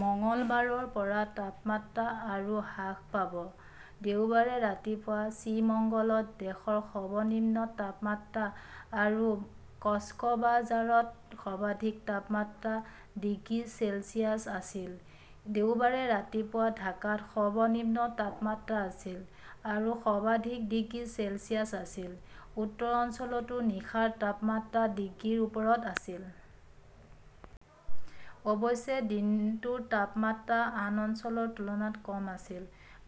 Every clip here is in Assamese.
মঙলবাৰৰ পৰা তাপমাত্ৰা আৰু হ্ৰাস পাব। দেওবাৰে ৰাতিপুৱা শ্ৰীমঙ্গলত দেশৰ সৰ্বনিম্ন তাপমাত্ৰা আৰু কক্সবাঝাৰত সৰ্বাধিক তাপমাত্ৰা ডিগ্ৰী চেলছিয়াছ আছিল। দেওবাৰে ৰাতিপুৱা ঢাকাত সৰ্বনিম্ন তাপমাত্ৰা আছিল আৰু সৰ্বাধিক ডিগ্ৰী চেলছিয়াছ আছিল। উত্তৰ অঞ্চলতো নিশাৰ তাপমাত্ৰা ডিগ্ৰীৰ ওপৰত আছিল। অৱশ্যে দিনটোৰ তাপমাত্ৰা আন অঞ্চলৰ তুলনাত কম আছিল।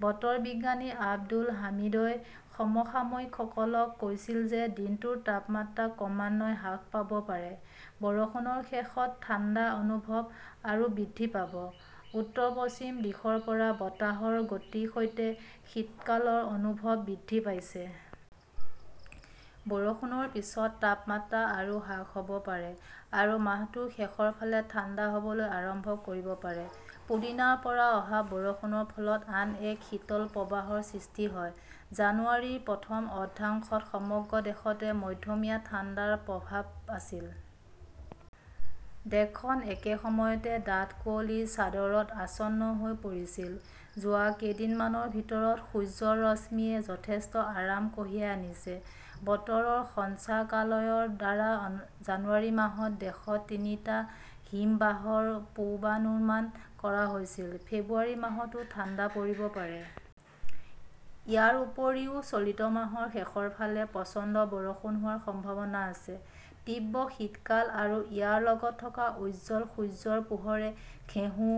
বতৰ বিজ্ঞানী আব্দুল হামিদই সমসাময়িকসকলক কৈছিল যে দিনটোৰ তাপমাত্ৰা ক্ৰমান্বয়ে হ্ৰাস পাব পাৰে। বৰষুণৰ শেষত ঠাণ্ডা অনুভৱ আৰু বৃদ্ধি পাব। উত্তৰ-পশ্চিম দিশৰ পৰা বতাহৰ গতিৰ সৈতে শীতকালৰ অনুভৱ বৃদ্ধি পাইছে। বৰষুণৰ পিছত তাপমাত্ৰা আৰু হ্ৰাস হ "ব পাৰে আৰু মাহটোৰ শেষৰ ফালে ঠাণ্ডা হ" বলৈ আৰম্ভ কৰিব পাৰে। পুদিনাৰ পৰা অহা বৰষুণৰ ফলত আন এক শীতল প্ৰবাহৰ সৃষ্টি হয়। জানুৱাৰীৰ প্ৰথম অৰ্ধাংশত সমগ্ৰ দেশতে মধ্যমীয়া ঠাণ্ডাৰ প্ৰৱাহ আছিল। দেশখন একে সময়তে ডাঠ কুঁৱলীৰ চাদৰত আচ্ছন্ন হৈ পৰিছিল। যোৱা কেইদিনমানৰ ভিতৰত সূৰ্যৰ ৰশ্মিয়ে যথেষ্ট আৰাম কঢ়িয়াই আনিছে। বতৰ সঞ্চালকালয়ৰ দ্বাৰা জানুৱাৰী মাহত দেশত তিনিটা হিমবাহৰ পূৰ্বানুমান কৰা হৈছিল। ফেব্ৰুৱাৰী মাহতো ঠাণ্ডা পৰিব পাৰে। ইয়াৰ উপৰিও চলিত মাহৰ শেষৰ ফালে প্ৰচণ্ড বৰষুণ হোৱাৰ সম্ভাৱনা আছে। তীব্ৰ শীতকাল আৰু ইয়াৰ লগত থকা উজ্জ্বল সূৰ্যৰ পোহৰে ঘেঁহু,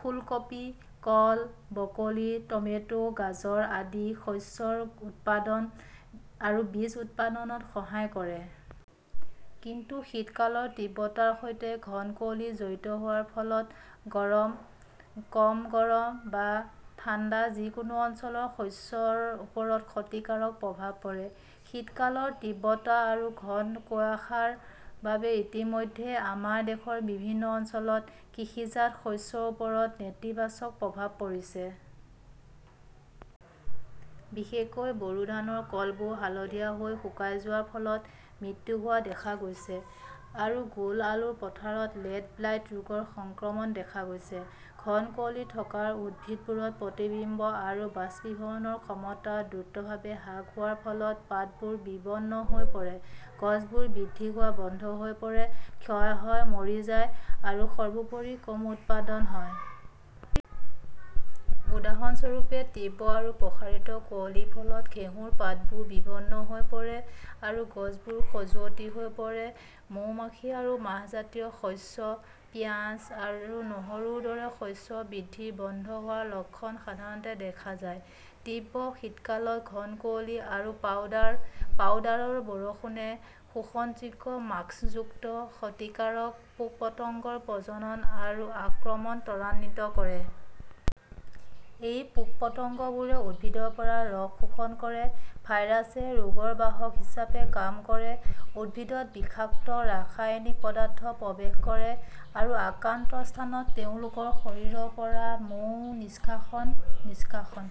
ফুলকপি, কল, ব্ৰকলি, টমেটো, গাজৰ আদি শস্যৰ উৎপাদন আৰু বীজ উৎপাদনত সহায় কৰে। কিন্তু শীতকালৰ তীব্ৰতাৰ সৈতে ঘন কুঁৱলী জড়িত হোৱাৰ ফলত গৰম, কম গৰম বা ঠাণ্ডা যিকোনো অঞ্চলৰ শস্যৰ ওপৰত ক্ষতিকাৰক প্ৰভাৱ পৰে। শীতকালৰ তীব্ৰতা আৰু ঘন কুয়াশাৰ বাবে ইতিমধ্যে আমাৰ দেশৰ বিভিন্ন অঞ্চলত কৃষিজাত শস্যৰ ওপৰত নেতিবাচক প্ৰভাৱ পৰিছে। বিশেষকৈ, বৰো ধানৰ কলবোৰ হালধীয়া হৈ শুকাই যোৱাৰ ফলত মৃত্যু হোৱা দেখা গৈছে আৰু গোল আলুৰ পথাৰত লেট ব্লাইট ৰোগৰ সংক্ৰমণ দেখা গৈছে। ঘন কুঁৱলী থকা উদ্ভিদবোৰত প্ৰতিবিম্ব আৰু বাষ্পীভৱনৰ ক্ষমতা দ্ৰুতভাৱে হ্ৰাস হোৱাৰ ফলত পাতবোৰ বিবৰ্ণ হৈ পৰে, গছবোৰ বৃদ্ধি হোৱা বন্ধ হৈ পৰে, ক্ষয় হয়, মৰি যায় আৰু সৰ্বোপৰি কম উৎপাদন হয়। উদাহৰণস্বৰূপে, তীব্ৰ আৰু প্ৰসাৰিত কুঁৱলীৰ ফলত ঘেঁহুৰ পাতবোৰ বিবৰ্ণ হৈ পৰে আৰু গছবোৰ খজুৱতি হৈ পৰে। মৌমাখি আৰু মাহজাতীয় শস্য, পিয়াজ আৰু নহৰুৰ দৰে শস্যৰ বৃদ্ধি বন্ধ হোৱাৰ লক্ষণ সাধাৰণতে দেখা যায়। তীব্ৰ শীতকালত ঘন কুঁৱলী আৰু পাউডাৰ পাউডাৰৰ বৰষুণে শোষণযোগ্য মাস্কযুক্ত ক্ষতিকাৰক পোক-পতংগৰ প্ৰজনন আৰু আক্ৰমণ ত্বৰান্বিত কৰে। এই পোক-পতংগবোৰে উদ্ভিদৰ পৰা ৰস শোষণ কৰে, ভাইৰাছে ৰোগৰ বাহক হিচাপে কাম কৰে, উদ্ভিদত বিষাক্ত ৰাসায়নিক পদাৰ্থ প্ৰৱেশ কৰে, আৰু আক্ৰান্ত স্থানত তেওঁলোকৰ শৰীৰৰ পৰা মৌৰ নিষ্কাশন নিষ্কাশন